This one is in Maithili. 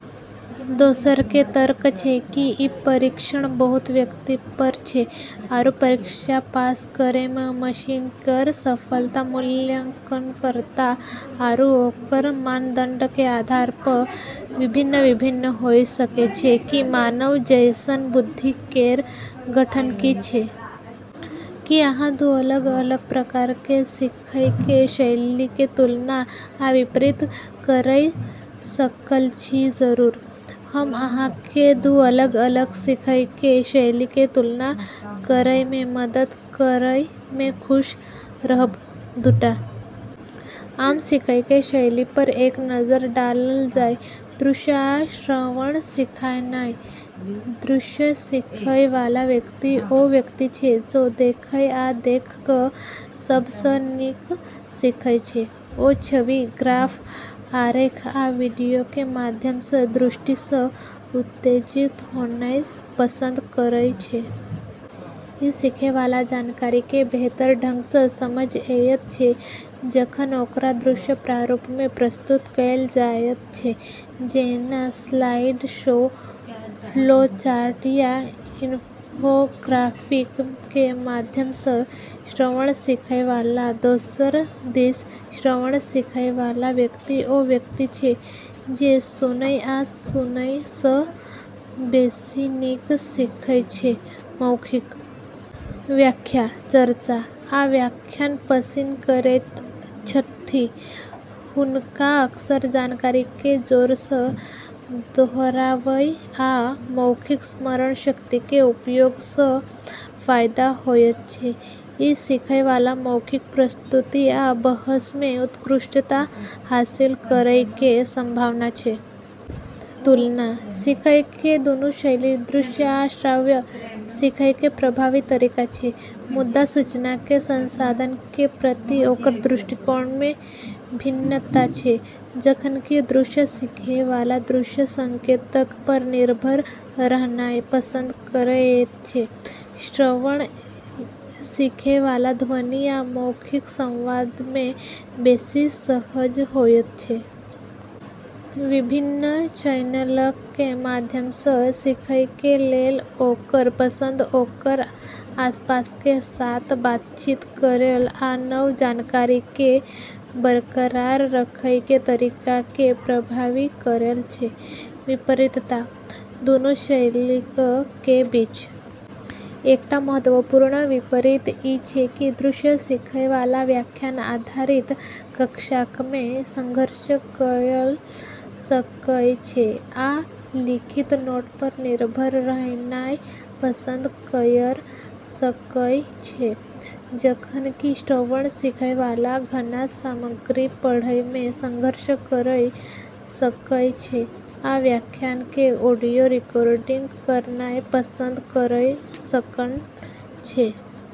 दोसरऽ के तर्क छै कि ई परीक्षण बहुत व्यक्तिपरक छै, आरू परीक्षा पास करै मऽ मशीन केरऽ सफलता मूल्यांकनकर्ता आरू ओकरऽ मानदंड के आधार पऽ भिन्न-भिन्न होय सकै छै कि मानव जैसनऽ बुद्धि केरऽ गठन की छै। की अहां दू अलग-अलग प्रकार कें सीखय कें शैली के तुलना आ विपरीत करय सकय छी जरूर, हम अहाँ के दू अलग-अलग सीखय के शैली के तुलना करय मे मदद करय में खुश रहब ।दूटा आम सीखय के शैली पर एक नजर डालल जाय: दृश्य आ श्रवण सीखनाय ।दृश्य सीखय वाला व्यक्ति ओ व्यक्ति छै जे देखय आ देख क सब सऽ नीक सीखय छै। ओ छवि, ग्राफ, आरेख आ वीडियो के माध्यम सऽ दृष्टि सऽ उत्तेजित होनाय पसंद करय छै। इ सीखएय वाला जानकारी कें बेहतर ढंग सऽ समझएयत छै जखन ओकरा दृश्य प्रारूप मे प्रस्तुत कैल जायत छै, जेना स्लाइड शो, फ्लो चार्ट या इन्फोग्राफिक के माध्यम सऽ ।श्रवण सीखय वाला: दोसर दिस श्रवण सीखय वाला व्यक्ति ओ व्यक्ति छै जे सुनय आ सुनय सऽ बेसि नीक सीखय छै ।मौखिक व्याख्या, चर्चा, आ व्याख्यान पसिन करैत छथि। हुनका अक्सर जानकारी के जोर सऽ दोहरावय आ मौखिक स्मरणशक्ति के उपयोग सं फायदा होयत छै। इ सीखएय वाला मौखिक प्रस्तुति आ बहस मे उत्कृष्टता हासिल करय कें संभावना छै। तुलना: सीखय के दूनू शैली – दृश्य आ श्रवण – सीखय के प्रभावी तरीका छै, मुदा सूचना के संसाधन के प्रति ओकर दृष्टिकोण मे भिन्नता छै। जखन कि दृश्य सीखएय वाला दृश्य संकेतक पर निर्भर रहनाय पसंद करएयत छै, श्रवण सीखएय वाला ध्वनि आ मौखिक संवाद मे बेसि सहज होयत छै। विभिन्न चैनलक कें माध्यम सऽ सीखय के लेल ओकर पसंद ओकर आसपास कें साथ बातचीत करय आ नव जानकारी के बरकरार रखय कें तरीका कें प्रभावित करय छै ।विपरीतता: दूनू शैलीक के बीच एकटा महत्वपूर्ण विपरीत इ छै की दृश्य सीखय वाला व्याख्यान आधारित कक्षाक मे संघर्ष कयर सकय छै आ लिखित नोट पर निर्भर रहनाय पसंद कयर सकय छै, जखन कि श्रवण सीखय वाला घना सामग्री पढ़य मे संघर्ष करय सकय छै आ व्याख्यान के ऑडियो रिकॉर्डिंग करनाय पसंद करय सकय छै।